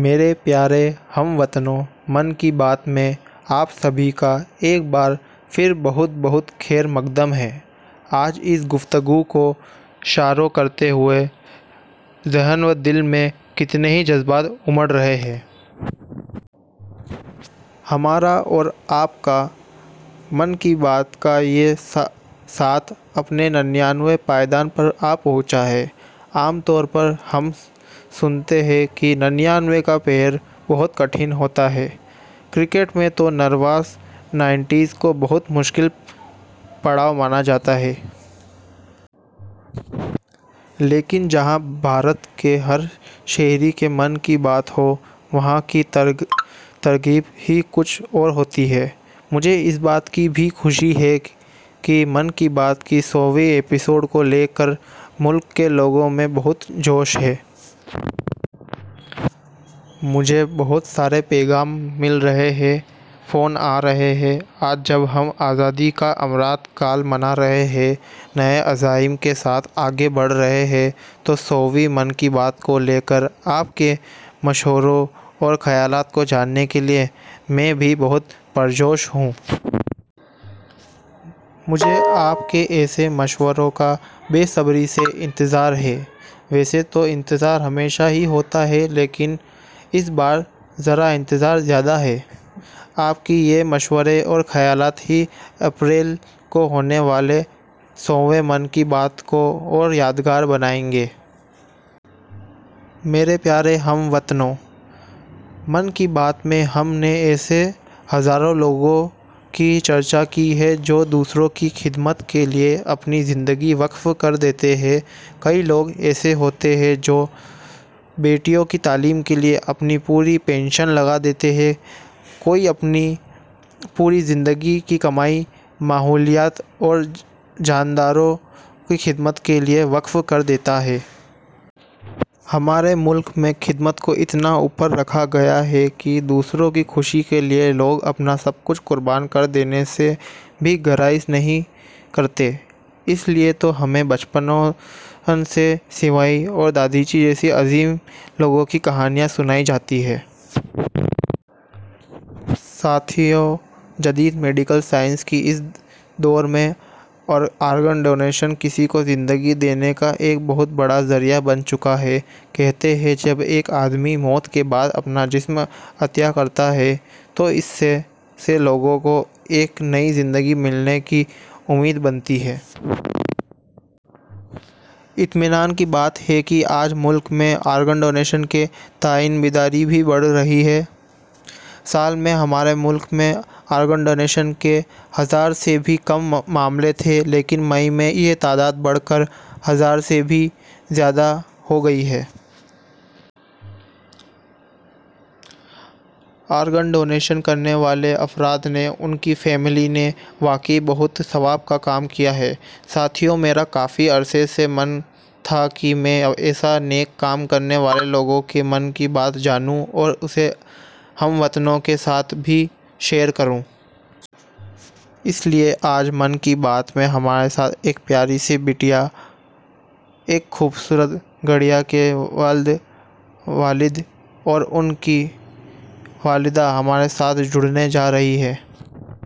میرے پیارے ہم وطنو، 'من کی بات' میں آپ سبھی کا ایک بار پھر بہت بہت خیر مقدم ہے۔ آج اس گفتگو کو شروع کرتے ہوئے ذہن و دل میں کتنے ہی جذبات امنڈ رہے ہیں۔ ہمارا اور آپ کا 'من کی بات' کا یہ ساتھ، اپنے ننیانوے پائیدان پر آ پہنچا ہے۔ عام طور پر ہم سنتے ہیں کہ ننیانوے کا پھیر بہت کٹھن ہوتا ہے۔ کرکٹ میں تو 'نروَس نائنٹیز' کو بہت مشکل پڑاؤ مانا جاتا ہے۔ لیکن، جہاں بھارت کے ہر شہری کے 'من کی بات' ہو، وہاں کی ترغیب ہی کچھ اور ہوتی ہے۔ مجھے اس بات کی بھی خوشی ہے کہ 'من کی بات' کے سوویں ایپی سوڈ کو لے کر ملک کے لوگوں میں بہت جوش ہے۔ مجھے بہت سارے پیغام مل رہے ہیں، فون آ رہے ہیں۔ آج جب ہم آزادی کا امرت کال منا رہے ہیں، نئے عزائم کے ساتھ آگے بڑھ رہے ہیں، تو سوویں 'من کی بات' کو لے کر، آپ کے مشوروں، اور خیالات کو جاننے کے لیے میں بھی بہت پرجوش ہوں۔ مجھے، آپ کے ایسے مشوروں کا بے صبری سے انتظار ہے۔ ویسے تو انتظار ہمیشہ ہوتا ہے لیکن اس بار ذرا انتظار زیادہ ہے۔ آپ کے یہ مشورے اور خیالات ہی اپریل کو ہونے والے سوویں 'من کی بات' کو اور یادگار بنائیں گے۔ میرے پیارے ہم وطنو، 'من کی بات' میں ہم نے ایسے ہزاروں لوگوں کی چرچہ کی ہے، جو دوسروں کی خدمت کے لیے اپنی زندگی وقف کر دیتے ہیں۔ کئی لوگ ایسے ہوتے ہیں جو بیٹیوں کی تعلیم کے لیے اپنی پوری پنشن لگا دیتے ہیں، کوئی اپنی پوری زندگی کی کمائی ماحولیات اور جانداروں کی خدمت کے لیے وقف کر دیتا ہے۔ ہمارے ملک میں خدمت کو اتنا اوپر رکھا گیا ہے کہ دوسروں کی خوشی کے لیے، لوگ اپنا سب کچھ قربان کر دینے سے بھی گریز نہیں کرتے۔ اس لیے تو ہمیں بچپن سے شیوی اور ددھیچی جیسے عظیم لوگوں کی کہانیاں سنائی جاتی ہیں۔ ساتھیو، جدید میڈیکل سائنس کے اس دور میں آرگن ڈونیشن، کسی کو زندگی دینے کا ایک بہت بڑا ذریعہ بن چکا ہے۔ کہتے ہیں، جب ایک آدمی موت کے بعد اپنا جسم عطیہ کرتا ہے، تو اس سے سے لوگوں کو ایک نئی زندگی ملنے کی امید بنتی ہے۔ اطمینان کی بات ہے کہ آج ملک میں آرگن ڈونیشن کے تئیں بیداری بھی بڑھ رہی ہے۔ سال میں، ہمارے ملک میں، آرگن ڈونیشن کے ہزار سے بھی کم معاملے تھے، لیکن میں، یہ تعداد بڑھ کر، ہزار سے زیادہ ہو گئی ہے۔ آرگن ڈونیشن کرنے والے افراد نے، ان کی فیملی نے، واقعی بہت ثواب کا کام کیا ہے۔ ساتھیو، میرا کافی عرصے سے من تھا کہ میں ایسا نیک کام کرنے والے لوگوں کے 'من کی بات' جانوں اور اسےہم وطنوں کے ساتھ بھی شیئر کروں۔ اس لیے آج 'من کی بات' میں ہمارے ساتھ ایک پیاری سی بٹیا، ایک خوبصورت گڑیا کے والد اور ان کی والدہ ہمارے ساتھ جڑنے جا رہے ہیں۔